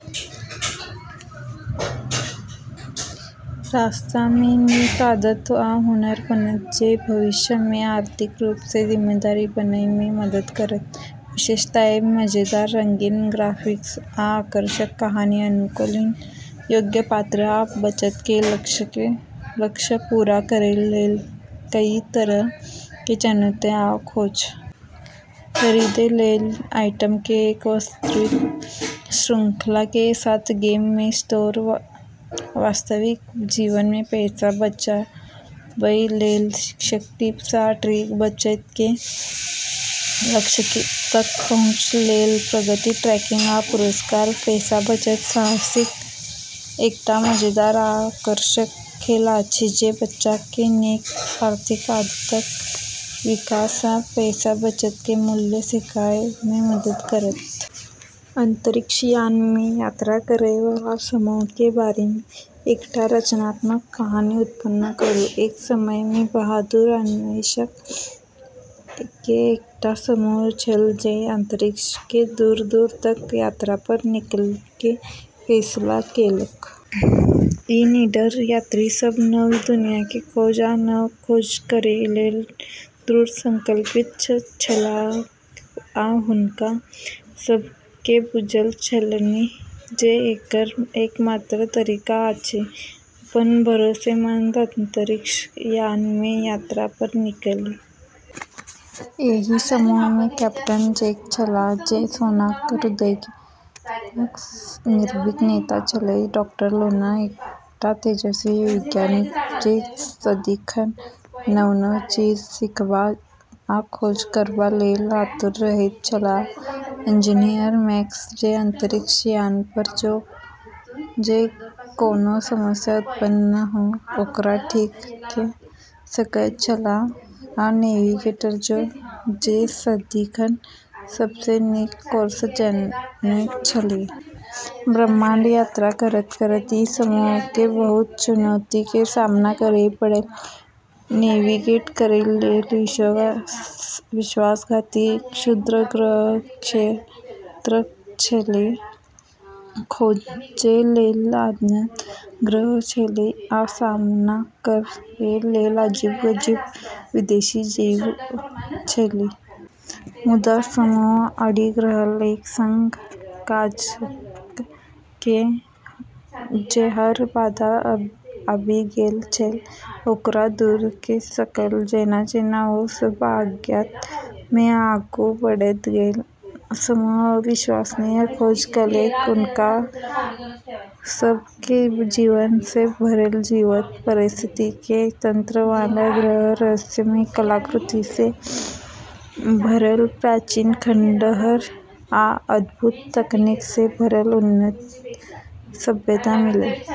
रास्ता मे नीक आदत आ हुनर बनत जे भविष्य मे आर्थिक रूप सँ जिम्मेदार बनय मे मदद करत। विशेषताएं: मजेदार, रंगीन ग्राफिक्स आ आकर्षक कहानी। अनुकूलन योग्य पात्र आ बचत के लक्ष्य पूरा करै लेल कई तरह के चुनौती आ खोज। खरीदै लेल आइटम के एक विस्तृत श्रृंखला के साथ गेम मे स्टोर। वास्तविक जीवन मे पैसा बचाबय लेल शैक्षिक टिप्स आ ट्रिक। बचत के लक्ष्य तक पहुँच लेल प्रगति ट्रैकिंग आ पुरस्कार। पैसा-बचत साहसिक एकटा मजेदार आ आकर्षक खेल अछि जे बच्चा के नीक आर्थिक आदतक विकास आ पैसा बचत के मूल्य सीखय मे मदद करत। अंतरिक्ष यान मे यात्रा करय वाला समूह के बारे मे एकटा रचनात्मक कहानी उत्पन्न करू। एक समय मे बहादुर अन्वेषक के एकटा समूह छल जे अंतरिक्ष के दूर-दूर तक यात्रा पर निकलय के फैसला केलक। ई निडर यात्री सब नव दुनिया के खोज आ नव खोज करय लेल दृढ़ संकल्पित छलाह, आ हुनका सब के बुझल छलनि जे एकर एकमात्र तरीका अछि अपन भरोसेमंद अंतरिक्ष यान मे यात्रा पर निकलय। एहि समूह मे कैप्टन जैक छलाह, जे सोनाक हृदयक निर्भीक नेता छलाह; डाक्टर लूना, एकटा तेजस्वी वैज्ञानिक जे सदिखन नव-नव चीज सीखबा आ खोज करबा लेल आतुर रहैत छलाह; इंजीनियर मैक्स, जे अंतरिक्ष यान पर जे कोनो समस्या उत्पन्न हो, ओकरा ठीक क' सकैत छलाह; आ नेविगेटर ज़ो, जे सदिखन सबसँ नीक कोर्स जनैत छलीह। ब्रह्माण्ड के यात्रा करत-करत ई समूह के बहुत चुनौती के सामना करय पड़ल। नेविगेट करै लेल विश्वासघाती क्षुद्रग्रह क्षेत्र छेलै, खोजै लेल अज्ञात ग्रह छेलै, आ सामना करै लेल अजीब-अजीब विदेशी जीव छेलै। मुदा समूह अडिग रहल, एक संग काज क' क' जे हर बाधा आबि गेल छल, ओकरा दूर क' सकल। जेना-जेना ओ सब अज्ञात मे आगू बढ़ैत गेल, समूह अविश्वसनीय खोज केलक। हुनका सब के जीवन सँ भरल जीवंत पारिस्थितिकी तंत्र वाला ग्रह, रहस्यमय कलाकृति सँ भरल प्राचीन खंडहर आ अद्भुत तकनीक सँ भरल उन्नत सभ्यता मिलल।